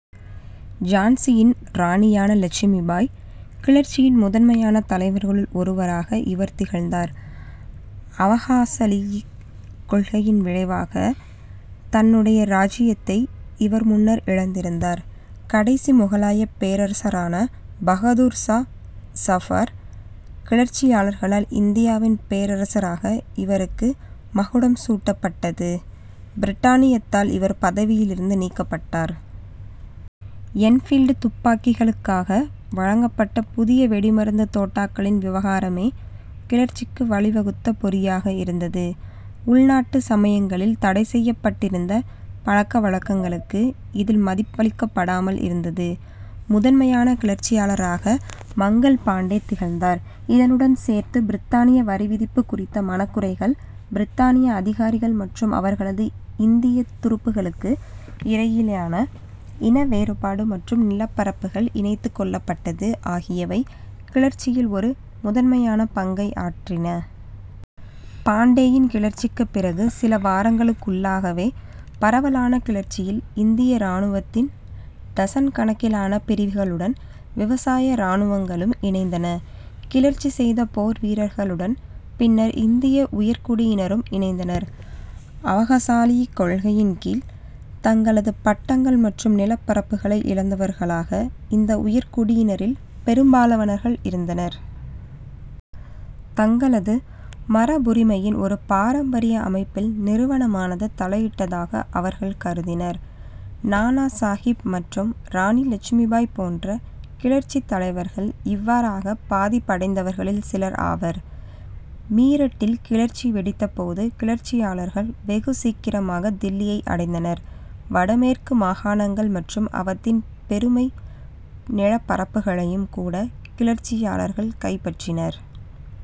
ஜான்சியின் இராணியான இலட்சுமிபாய். கிளர்ச்சியின் முதன்மையான தலைவர்களில் ஒருவராக இவர் திகழ்ந்தார். அவகாசியிலிக் கொள்கையின் விளைவாக தன்னுடைய இராச்சியத்தை இவர் முன்னர் இழந்திருந்தார். கடைசி முகலாயப் பேரரசரான பகதூர் சா சஃபார். கிளர்ச்சியாளர்களால் இந்தியாவின் பேரரசராக இவருக்கு மகுடம் சூட்டப்பட்டது. பிரித்தனியரால் இவர் பதவியிலிருந்து நீக்கப்பட்டார். என்பீல்டு துப்பாக்கிகளுக்காக வழங்கப்பட்ட புதிய வெடிமருந்துத் தோட்டாக்களின் விவகாரமே கிளர்ச்சிக்கு வழி வகுத்த பொறியாக இருந்தது. உள்நாட்டு சமயங்களில் தடை செய்யப்பட்டிருந்த பழக்க வழக்கங்களுக்கு இதில் மதிப்பளிக்கப்படாமல் இருந்தது. முதன்மையான கிளர்ச்சியாளராக மங்கள் பாண்டே திகழ்ந்தார். இதனுடன் சேர்த்து பிரித்தானிய வரி விதிப்பு குறித்த மனக்குறைகள், பிரித்தானிய அதிகாரிகள் மற்றும் அவர்களது இந்தியத் துருப்புக்களுக்கு இடையிலான இன வேறுபாடு மற்றும் நிலப்பரப்புகள் இணைத்துக் கொள்ளப்பட்டது ஆகியவை கிளர்ச்சியில் ஒரு முதன்மையான பங்கை ஆற்றின. பாண்டேயின் கிளர்ச்சிக்குப் பிறகு சில வாரங்களுக்குள்ளாகவே பரவலான கிளர்ச்சியில் இந்திய இராணுவத்தின் டசன் கணக்கிலான பிரிவுகளுடன், விவசாய இராணுவங்களும் இணைந்தன. கிளர்ச்சி செய்த போர் வீரர்களுடன் பின்னர் இந்திய உயர்குடியினரும் இணைந்தனர். அவகாசியிலிக் கொள்கையின் கீழ் தங்களது பட்டங்கள் மற்றும் நிலப்பரப்புகளை இழந்தவர்களாக இந்த உயர்குடியினரில் பெரும்பாலானவர்கள் இருந்தனர். தங்களது மரபுரிமையின் ஒரு பாரம்பரிய அமைப்பில் நிறுவனமானது தலையிட்டதாக அவர்கள் கருதினர். நானா சாகிப் மற்றும் இராணி இலட்சுமிபாய் போன்ற கிளர்ச்சித் தலைவர்கள் இவ்வாறாக பாதிப்படைந்தவர்களில் சிலர் ஆவர்.। மீரட்டில் கிளர்ச்சி வெடித்த போது கிளர்ச்சியாளர்கள் வெகு சீக்கிரமாக தில்லியை அடைந்தனர். வடமேற்கு மாகாணங்கள் மற்றும் அவத்தின் பெரும் நிலப்பகுப்புகளையும் கூட கிளர்ச்சியாளர்கள் கைப்பற்றினர்.